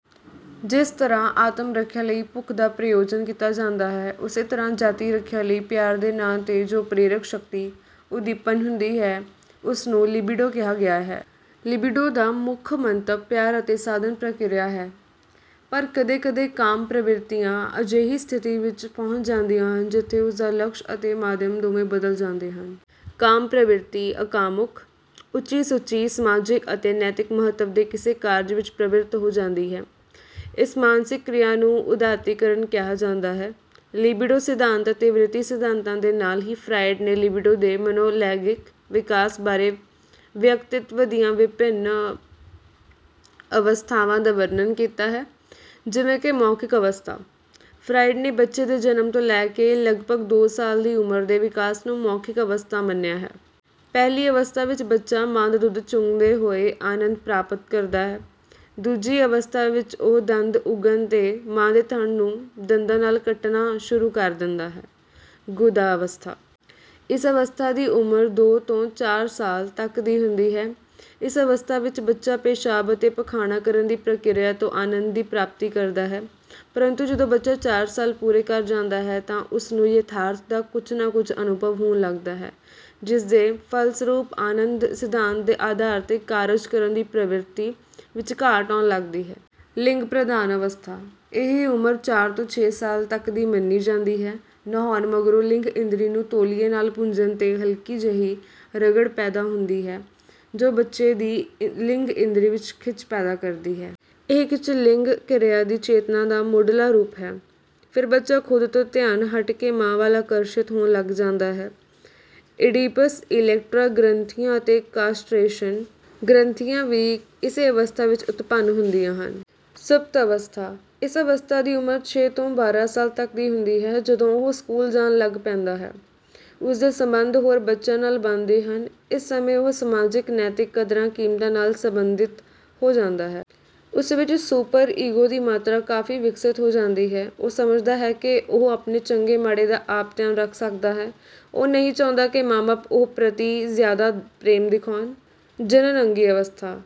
ਜਿਸ ਤਰ੍ਹਾਂ ਆਤਮ-ਰੱਖਿਆ ਲਈ ਭੁੱਖ ਦਾ ਪ੍ਰਯੋਜਨ ਕੀਤਾ ਜਾਂਦਾ ਹੈ। ਉਸੇ ਤਰ੍ਹਾਂ ਜਾਤੀ ਰੱਖਿਆ ਲਈ ਪਿਆਰ ਦੇ ਨਾਂ ਤੇ ਜੋ ਪ੍ਰੇਰਕ ਸ਼ਕਤੀ ਉੱਦੀਪਨ ਹੁੰਦੀ ਹੈ ਉਸਨੂੰ ਲਿਬਿਡੋ ਕਿਹਾ ਗਿਆ ਹੈ। ਲਿਬਿਡੋ ਦਾ ਮੁੱਖ ਮੰਤਵ ਪਿਆਰ ਅਤੇ ਸਾਧਨ ਪ੍ਰਕਿਰਿਆ ਹੈ ਪਰ ਕਦੇ-ਕਦੇ ਕਾਮ ਪ੍ਰਵਿਰਤੀਆਂ ਅਜਿਹੀ ਸਥਿਤੀ ਵਿੱਚ ਪਹੁੰਚ ਜਾਂਦੀਆਂ ਹਨ ਜਿੱਥੇ ਉਸਦਾ ਲਕਸ਼ ਅਤੇ ਮਾਧਿਅਮ ਦੋਵੇਂ ਬਦਲ ਜਾਂਦੇ ਹਨ। ਕਾਮ ਪ੍ਰਵਿਰਤੀ ਅਕਾਮੁਕ, ਉੱਚੀ-ਸੁੱਚੀ, ਸਮਾਜਿਕ ਅਤੇ ਨੈਤਿਕ ਮਹੱਤਵ ਦੇ ਕਿਸੇ ਕਾਰਜ ਵਿੱਚ ਪ੍ਰਵਿਰਤ ਹੋ ਜਾਂਦੀ ਹੈ। ਇਸ ਮਾਨਸਿਕ ਕ੍ਰਿਆ ਨੂੰ ਉਦਾਤੀਕਰਨ ਕਿਹਾ ਜਾਂਦਾ ਹੈ। ਲਿਬਿਡੋ ਸਿਧਾਂਤ ਅਤੇ ਵ੍ਰਿਤੀ ਸਿਧਾਂਤਾਂ ਦੇ ਨਾਲ ਹੀ ਫਰਾਇਡ ਨੇ ਲਿਬਿਡੋ ਦੇ ਮਨੋ-ਲੈਂਗਿਕ ਵਿਕਾਸ ਬਾਰੇ ਵਿਅਕਤਿਤ੍ਵ ਦੀਆਂ ਵਿਭਿੰਨ ਅਵਸਥਾਵਾਂ ਦਾ ਵਰਣਨ ਕੀਤਾ ਹੈ: ਜਿਵੇਂ ਕਿ ਮੌਖਿਕ ਅਵਸਥਾ: ਫਰਾਇਡ ਨੇ ਬੱਚੇ ਦੇ ਜਨਮ ਤੋਂ ਲੈ ਕੇ ਲਗਭਗ ਦੋ ਸਾਲ ਦੀ ਉਮਰ ਦੇ ਵਿਕਾਸ ਨੂੰ ਮੌਖਿਕ ਅਵਸਥਾ ਮੰਨਿਆ ਹੈ। ਪਹਿਲੀ ਅਵਸਥਾ ਵਿੱਚ ਬੱਚਾ ਮਾਂ ਦਾ ਦੁੱਧ ਚੰਘਦੇ ਹੋਏ ਆਨੰਦ ਪ੍ਰਾਪਤ ਕਰਦਾ ਹੈ। ਦੂਜੀ ਅਵਸਥਾ ਵਿੱਚ ਉਹ ਦੰਦ ਉਗਣ 'ਤੇ ਮਾਂ ਦੇ ਥਨ ਨੂੰ ਦੰਦਾਂ ਨਾਲ ਕੱਟਣਾ ਸ਼ੁਰੂ ਕਰ ਦਿੰਦਾ ਹੈ। ਗੁਦਾ ਅਵਸਥਾ: ਇਸ ਅਵਸਥਾ ਦੀ ਉਮਰ ਦੋ ਤੋਂ ਚਾਰ ਸਾਲ ਤੱਕ ਦੀ ਹੁੰਦੀ ਹੈ, ਇਸ ਅਵਸਥਾ ਵਿੱਚ ਬੱਚਾ ਪਿਸ਼ਾਬ ਅਤੇ ਪਖਾਨਾ ਕਰਨ ਦੀ ਪ੍ਰਕਿਰਿਆ ਤੋਂ ਆਨੰਦ ਦੀ ਪ੍ਰਾਪਤੀ ਕਰਦਾ ਹੈ, ਪ੍ਰੰਤੂ ਜਦੋਂ ਬੱਚਾ ਚਾਰ ਸਾਲ ਪੂਰੇ ਕਰ ਜਾਂਦਾ ਹੈ ਤਾਂ ਉਸਨੂੰ ਯਥਾਰਥ ਦਾ ਕੁੱਝ ਨਾ ਕੁੱਝ ਅਨੁਭਵ ਹੋਣ ਲੱਗਦਾ ਹੈ ਜਿਸਦੇ ਫਲਸਰੂਪ ਆਨੰਦ ਸਿਧਾਂਤ ਦੇ ਆਧਾਰ ਤੇ ਕਾਰਜ ਕਰਨ ਦੀ ਪ੍ਰਵਿਰਤੀ ਵਿੱਚ ਘਾਟ ਆਉਣ ਲੱਗਦੀ ਹੈ। ਲਿੰਗ ਪ੍ਰਧਾਨ ਅਵਸਥਾ: ਇਹ ਉਮਰ ਚਾਰ ਤੋਂ ਛੇ ਸਾਲ ਤੱਕ ਦੀ ਮੰਨੀ ਜਾਂਦੀ ਹੈ। ਨਹਾਉਣ ਮਗਰੋਂ ਲਿੰਗ ਇੰਦਰੀ ਨੂੰ ਤੋਲੀਏ ਨਾਲ ਪੂੰਝਣ ਤੇ ਹਲਕੀ ਜਿਹੀ ਰਗੜ ਪੈਦਾ ਹੁੰਦੀ ਹੈ ਜੋ ਬੱਚੇ ਦੀ ਲਿੰਗ ਇੰਦਰੀ ਵਿੱਚ ਖਿੱਚ ਪੈਦਾ ਕਰਦੀ ਹੈ। ਇਹ ਖਿੱਚ ਲਿੰਗ ਕ੍ਰਿਆ ਦੀ ਚੇਤਨਾ ਦਾ ਮੁੱਢਲਾ ਰੂਪ ਹੈ। ਫਿਰ ਬੱਚਾ ਖ਼ੁਦ ਤੋਂ ਧਿਆਨ ਹੱਟ ਕੇ ਮਾਂ ਵੱਲ ਆਕਰਸ਼ਿਤ ਹੋਣ ਲੱਗ ਜਾਂਦਾ ਹੈ। ਇਡੀਪਸ, ਇਲੈਕਟ੍ਰਾ ਗ੍ਰੰਥੀਆਂ ਅਤੇ ਕਾਸਟਰੇਸ਼ਨ ਗ੍ਰੰਥੀਆਂ ਵੀ ਇਸੇ ਅਵਸਥਾ ਵਿੱਚ ਉਤਪੰਨ ਹੁੰਦੀਆਂ ਹਨ। ਸੁਪਤ ਅਵਸਥਾ: ਇਸ ਅਵਸਥਾ ਦੀ ਉਮਰ ਛੇ ਤੋਂ ਬਾਰਾਂ ਸਾਲ ਤੱਕ ਦੀ ਹੁੰਦੀ ਹੈ, ਜਦੋਂ ਉਹ ਸਕੂਲ ਜਾਣ ਲੱਗ ਪੈਂਦਾ ਹੈ, ਉਸਦੇ ਸੰਬੰਧ ਹੋਰ ਬੱਚਿਆਂ ਨਾਲ ਬਣਦੇ ਹਨ। ਇਸ ਸਮੇਂ ਉਹ ਸਮਾਜਿਕ, ਨੈਤਿਕ ਕਦਰਾਂ-ਕੀਮਤਾਂ ਨਾਲ ਸੰਬੰਧਿਤ ਹੋ ਜਾਂਦਾ ਹੈ। ਉਸ ਵਿੱਚ ਸੁਪਰ-ਈਗੋ ਦੀ ਮਾਤਰਾ ਕਾਫੀ ਵਿਕਸਿਤ ਹੋ ਜਾਂਦੀ ਹੈ। ਉਹ ਸਮਝਦਾ ਹੈ ਕਿ ਉਹ ਆਪਣੇ ਚੰਗੇ-ਮਾੜੇ ਦਾ ਆਪ ਧਿਆਨ ਰੱਖ ਸਕਦਾ ਹੈ, ਉਹ ਨਹੀਂ ਚਾਹੁੰਦਾ ਕਿ ਮਾਂ-ਬਾਪ ਉਹ ਪ੍ਰਤੀ ਜ਼ਿਆਦਾ ਪ੍ਰੇਮ ਦਿਖਾਉਣ। ਜਣਨਅੰਗੀ ਅਵਸਥਾ: